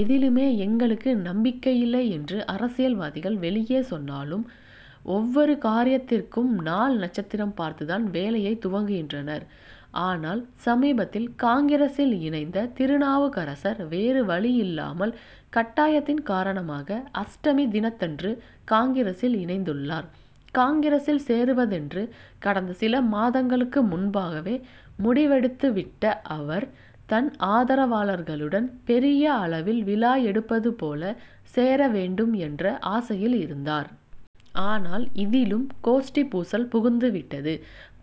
எதிலுமே எங்களுக்கு நம்பிக்கையில்லை என்று அரசியல்வாதிகள் வெளியே சொன்னாலும், ஒவ்வொரு காரியத்திற்கும் நாள் நட்சத்திரம் பார்த்து தான் வேலையைத் துவங்குகின்றனர். ஆனால், சமீபத்தில் காங்கிரசில் இணைந்த திருநாவுக்கரசர் வேறு வழியில்லாமல் கட்டாயத்தின் காரணமாக அஷ்டமி தினத்தன்று காங்கிரசில் இணைந்துள்ளார். காங்கிரசில் சேருவதென்று கடந்த சில மாதங்களுக்கு முன்பாகவே முடிவெடுத்துவிட்ட அவர், தன் ஆதரவாளர்களுடன் பெரிய அளவில் விழா எடுப்பது போல சேர வேண்டும் என்ற ஆசையில் இருந்தார். ஆனால், இதிலும் கோஷ்டி பூசல் புகுந்துவிட்டது.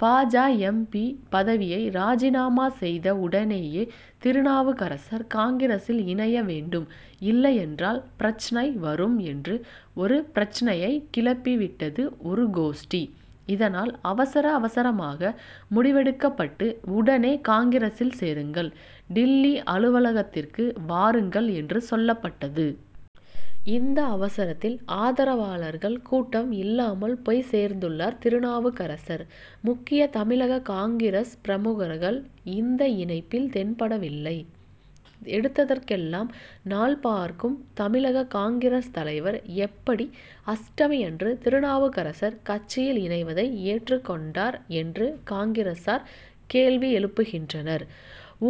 பா. ஜ. எம். பி. பதவியை ராஜினாமா செய்த உடனேயே திருநாவுக்கரசர் காங்கிரசில் இணைய வேண்டும், இல்லையென்றால் பிரச்னை வரும் என்று ஒரு பிரச்னையை கிளப்பி விட்டது ஒரு கோஷ்டி. இதனால், அவசர அவசரமாக முடிவெடுக்கப்பட்டு உடனே காங்கிரசில் சேருங்கள், டில்லி அலுவலகத்திற்கு வாருங்கள் என்று சொல்லப்பட்டது. இந்த அவசரத்தில் ஆதரவாளர்கள் கூட்டம் இல்லாமல் போய்ச் சேர்ந்துள்ளார் திருநாவுக்கரசர். முக்கிய தமிழக காங்கிரஸ் பிரமுகர்கள் இந்த இணைப்பில் தென்படவில்லை. எடுத்ததற்கெல்லாம் நாள் பார்க்கும் தமிழக காங்கிரஸ் தலைவர் எப்படி அஷ்டமியன்று திருநாவுக்கரசர் கட்சியில் இணைவதை ஏற்றுக் கொண்டார்' என்று காங்கிரசார் கேள்வி எழுப்புகின்றனர்.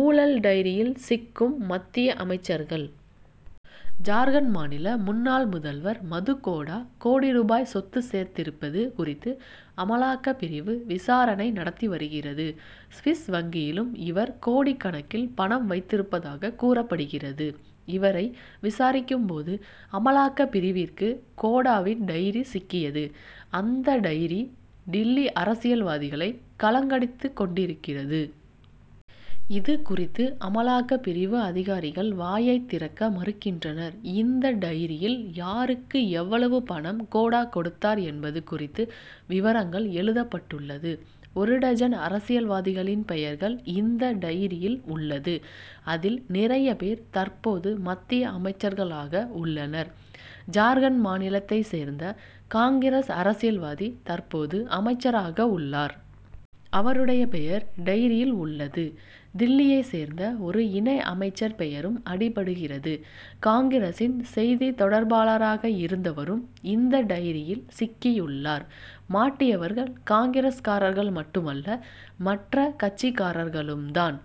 ஊழல் டைரியில் சிக்கும் மத்திய அமைச்சர்கள்? ஜார்க்கண்ட் மாநில முன்னாள் முதல்வர் மதுகோடா, கோடி ரூபாய் சொத்து சேர்த்திருப்பது குறித்து அமலாக்கப்பிரிவு விசாரணை நடத்தி வருகிறது. சுவிஸ் வங்கியிலும் இவர் கோடிக்கணக்கில் பணம் வைத்திருப்பதாக கூறப்படுகிறது. இவரை விசாரிக்கும் போது, அமலாக்கப்பிரிவிற்கு கோடாவின் டைரி சிக்கியது. அந்த டைரி டில்லி அரசியல்வாதிகளை கலங்கலடித்துக் கொண்டிருக்கிறது. இது குறித்து அமலாக்கப்பிரிவு அதிகாரிகள் வாயைத் திறக்க மறுக்கின்றனர். இந்த டைரியில் யாருக்கு எவ்வளவு பணம் கோடா கொடுத்தார் என்பது குறித்து விவரங்கள் எழுதப்பட்டுள்ளது. ஒரு டஜன் அரசியல்வாதிகளின் பெயர்கள் இந்த டைரியில் உள்ளது. அதில், நிறைய பேர் தற்போது மத்திய அமைச்சர்களாக உள்ளனர். ஜார்க்கண்ட் மாநிலத்தைச் சேர்ந்த காங்கிரஸ் அரசியல்வாதி தற்போது அமைச்சராக உள்ளார். அவருடைய பெயர் டைரியில் உள்ளது. டில்லியைச் சேர்ந்த ஒரு இணை அமைச்சர் பெயரும் அடிபடுகிறது. காங்கிரசின் செய்தி தொடர்பாளராக இருந்தவரும் இந்த டைரியில் சிக்கியுள்ளார். மாட்டியவர்கள் காங்கிரஸ்காரர்கள் மட்டுமல்ல, மற்ற கட்சிக்காரர்களும் தான்.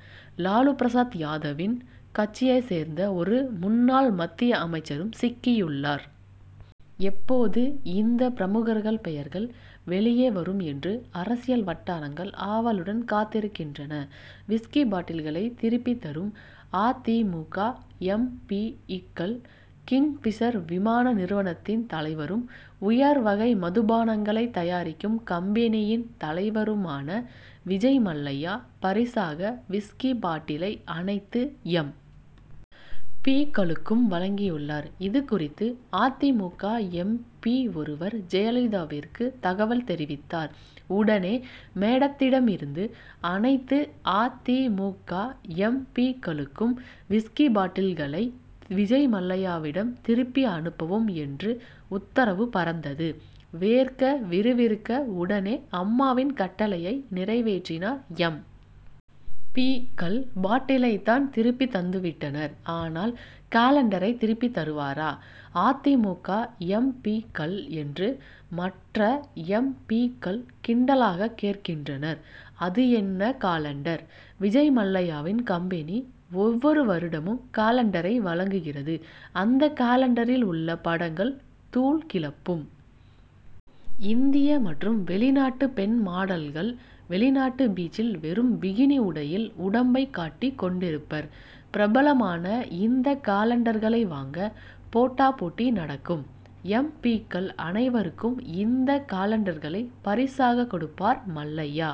லாலு பிரசாத் யாதவின் கட்சியைச் சேர்ந்த ஒரு முன்னாள் மத்திய அமைச்சரும் சிக்கியுள்ளார். எப்போது இந்த பிரமுகர்கள் பெயர்கள் வெளியே வரும் என்று அரசியல் வட்டாரங்கள் ஆவலுடன் காத்திருக்கின்றன. விஸ்கி பாட்டில்களை திருப்பித் தரும் அ. தி. மு. க., எம். பி.,க்கள்கிங் பிஷர் விமான நிறுவனத்தின் தலைவரும், உயர் வகை மதுபானங்களைத் தயாரிக்கும் கம்பெனியின் தலைவருமான விஜய் மல்லையா, பரிசாக விஸ்கி பாட்டிலை அனைத்து எம். பி.,க்களுக்கும் வழங்கியுள்ளார். இது குறித்து அ. தி. மு. க., எம். பி., ஒருவர் ஜெயலலிதாவிற்கு தகவல் தெரிவித்தார். உடனே மேடத்திடமிருந்து அனைத்து அ. தி. மு. க., எம். பி.,க்களுக்கும் விஸ்கி பாட்டில்களை விஜய் மல்லையாவிடம் திருப்பி அனுப்பவும்' என்று உத்தரவு பறந்தது. வேர்க்க விறுவிறுக்க உடனே அம்மாவின் கட்டளையை நிறைவேற்றினர் எம். பி.,க்கள். பாட்டிலைத் தான் திருப்பித் தந்துவிட்டனர். ஆனால் காலண்டரைத் திருப்பித் தருவரா அ. தி. மு. க., எம். பி.,க்கள்? என்று மற்ற எம். பி.,க்கள் கிண்டலாகக் கேட்கின்றனர். அது என்ன காலண்டர். விஜய் மல்லையாவின் கம்பெனி ஒவ்வொரு வருடமும் காலண்டரை வழங்குகிறது. அந்த காலண்டரில் உள்ள படங்கள் தூள் கிளப்பும். இந்திய மற்றும் வெளிநாட்டு பெண் மாடல்கள் வெளிநாட்டு பீச்சில் வெறும் பிகினி உடையில் உடம்பைக் காட்டிக் கொண்டிருப்பர். பிரபலமான இந்த காலண்டர்களை வாங்க போட்டா போட்டி நடக்கும். எம். பி.,க்கள் அனைவருக்கும் இந்த காலண்டர்களை பரிசாகக் கொடுப்பார் மல்லையா.